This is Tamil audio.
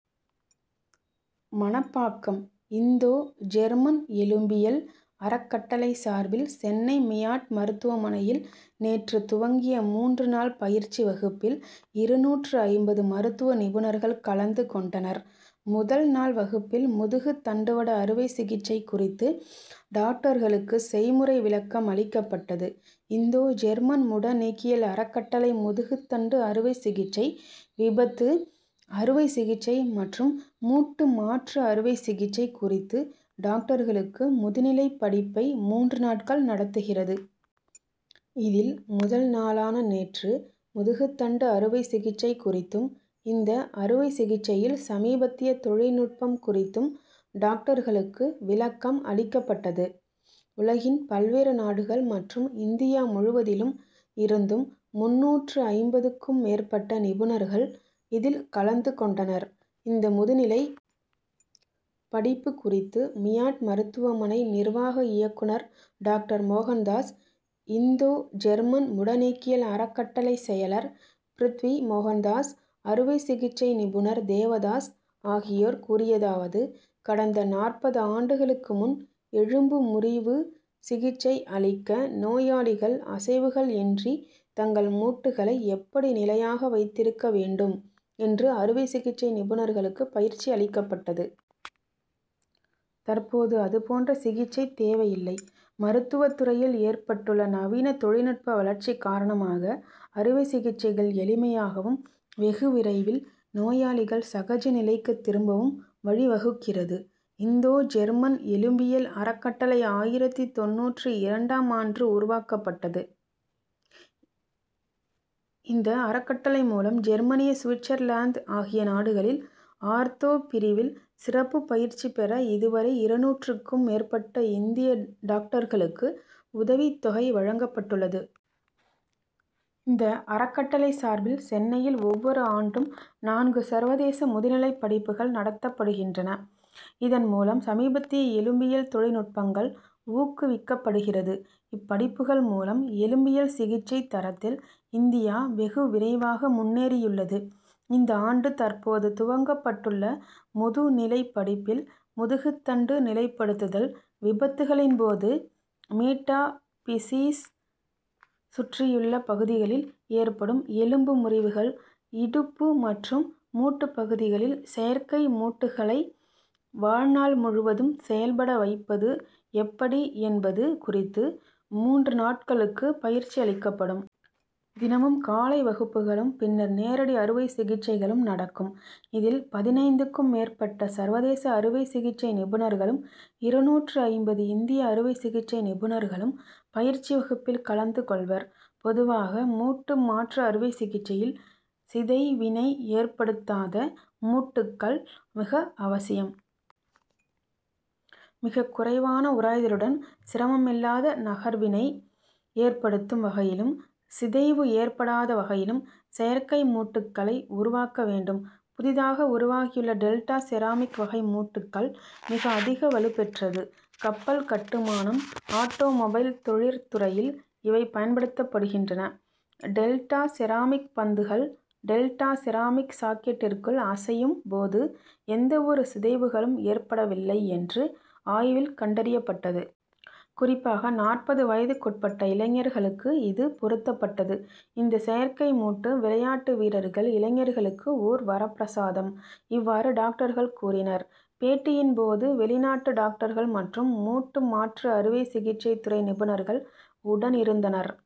மணப்பாக்கம்: இந்தோ ஜெர்மன் எலும்பியல் அறக்கட்டளை சார்பில் சென்னை, மியாட் மருத்துவமனையில் நேற்று துவங்கிய மூன்று நாள் பயிற்சி வகுப்பில் இருநூற்று ஐம்பது மருத்துவ நிபுணர்கள் கலந்து கொண்டனர். முதல் நாள் வகுப்பில் முதுகுத்தண்டுவட அறுவை சிகிச்சை குறித்து டாக்டர்களுக்கு செய்முறை விளக்கம் அளிக்கப்பட்டது. இந்தோ ஜெர்மன் முடநீக்கியல் அறக்கட்டளை, முதுகுத்தண்டு அறுவை சிகிச்சை, விபத்து அறுவை சிகிச்சை மற்றும் மூட்டு மாற்று அறுவை சிகிச்சை குறித்து டாக்டர்களுக்கு முதுநிலை படிப்பை மூன்று நாட்கள் நடத்துகிறது. இதில், முதல் நாளான நேற்று முதுகுத்தண்டு அறுவை சிகிச்சை குறித்தும், இந்த அறுவை சிகிச்சையில் சமீபத்திய தொழில்நுட்பம் குறித்தும் டாக்டர்களுக்கு விளக்கம் அளிக்கப்பட்டது. உலகின் பல்வேறு நாடுகள் மற்றும் இந்தியா முழுவதிலும் இருந்தும் முந்நூற்று ஐம்பதுக்கும் மேற்பட்ட நிபுணர்கள் இதில் கலந்து கொண்டனர். இந்த முதுநிலை படிப்பு குறித்து மியாட் மருத்துவமனை நிர்வாக இயக்குனர் டாக்டர் மோகன்தாஸ், இந்தோ ஜெர்மன் முடநீக்கியல் அறக்கட்டளை செயலர் பிருத்வி மோகன்தாஸ், அறுவை சிகிச்சை நிபுணர் தேவதாஸ் ஆகியோர் கூறியதாவது:கடந்த நாற்பது ஆண்டுகளுக்கு முன் எலும்பு முறிவு சிகிச்சை அளிக்க, நோயாளிகள் அசைவுகள் இன்றி தங்கள் மூட்டுக்களை எப்படி நிலையாக வைத்திருக்க வேண்டும் என்று அறுவை சிகிச்சை நிபுணர்களுக்கு பயிற்சி அளிக்கப்பட்டது. தற்போது அதுபோன்ற சிகிச்சை தேவையில்லை. மருத்துவ துறையில் ஏற்பட்டுள்ள நவீன தொழில்நுட்ப வளர்ச்சி காரணமாக, அறுவை சிகிச்சைகள் எளிமையாகவும், வெகு விரைவில் நோயாளிகள் சகஜ நிலைக்கு திரும்பவும் வழிவகுக்கிறது. இந்தோ ஜெர்மன் எலும்பியல் அறக்கட்டளை ஆயிரத்தி தொண்ணூற்றி இரண்டாம் ஆண்டு உருவாக்கப்பட்டது. இந்த அறக்கட்டளை மூலம் ஜெர்மனி, சுவிட்சர்லாந்து ஆகிய நாடுகளில் ஆர்தோ பிரிவில் சிறப்பு பயிற்சி பெற இதுவரை இருநூற்றுக்கும் மேற்பட்ட இந்திய டாக்டர்களுக்கு உதவித் தொகை வழங்கப்பட்டுள்ளது. இந்த அறக்கட்டளை சார்பில் சென்னையில் ஒவ்வொரு ஆண்டும் நான்கு சர்வதேச முதுநிலை படிப்புகள் நடத்தப்படுகின்றன. இதன் மூலம் சமீபத்திய எலும்பியல் தொழில்நுட்பங்கள் ஊக்குவிக்கப்படுகிறது. இப்படிப்புகள் மூலம் எலும்பியல் சிகிச்சை தரத்தில் இந்தியா வெகு விரைவாக முன்னேறியுள்ளது. இந்த ஆண்டு, தற்போது துவங்கப்பட்டுள்ள முதுநிலை படிப்பில், முதுகுத்தண்டு நிலைப்படுத்துதல், விபத்துகளின் போது மீட்டாபிசீஸ் சுற்றியுள்ள பகுதிகளில் ஏற்படும் எலும்பு முறிவுகள், இடுப்பு மற்றும் மூட்டு பகுதிகளில் செயற்கை மூட்டுக்களை வாழ்நாள் முழுவதும் செயல்பட வைப்பது எப்படி என்பது குறித்து மூன்று நாட்களுக்கு பயிற்சி அளிக்கப்படும். தினமும் காலை வகுப்புகளும், பின்னர் நேரடி அறுவை சிகிச்சைகளும் நடக்கும். இதில், பதினைந்துக்கும் மேற்பட்ட சர்வதேச அறுவை சிகிச்சை நிபுணர்களும், இருநூற்று ஐம்பது இந்திய அறுவை சிகிச்சை நிபுணர்களும் பயிற்சி வகுப்பில் கலந்து கொள்வர். பொதுவாக மூட்டு மாற்று அறுவை சிகிச்சையில் சிதைவினை ஏற்படுத்தாத மூட்டுக்கள் மிக அவசியம். மிக குறைவான உராய்தலுடன், சிரமம் இல்லாத நகர்வினை ஏற்படுத்தும் வகையிலும், சிதைவு ஏற்படாத வகையிலும் செயற்கை மூட்டுக்களை உருவாக்க வேண்டும். புதிதாக உருவாகியுள்ள "டெல்டா செராமிக்' வகை மூட்டுக்கள் மிக அதிக வலுபெற்றது. கப்பல் கட்டுமானம், ஆட்டோமொபைல் தொழிற்துறையில் இவை பயன்படுத்தப்படுகின்றன. டெல்டா செராமிக் பந்துகள், டெல்டா செராமிக் சாக்கெட்டிற்குள் அசையும் போது, எந்த ஒரு சிதைவுகளும் ஏற்படவில்லை என்று ஆய்வில் கண்டறியப்பட்டது. குறிப்பாக, நாற்பது வயதுக்குட்பட்ட இளைஞர்களுக்கு இது பொருத்தப்பட்டது. இந்த செயற்கை மூட்டு, விளையாட்டு வீரர்கள், இளைஞர்களுக்கு ஒர் வரப்பிரசாதம். இவ்வாறு டாக்டர்கள் கூறினர். பேட்டியின் போது வெளிநாட்டு டாக்டர்கள் மற்றும் மூட்டு மாற்று அறுவை சிகிச்சை துறை நிபுணர்கள் உடனிருந்தனர்.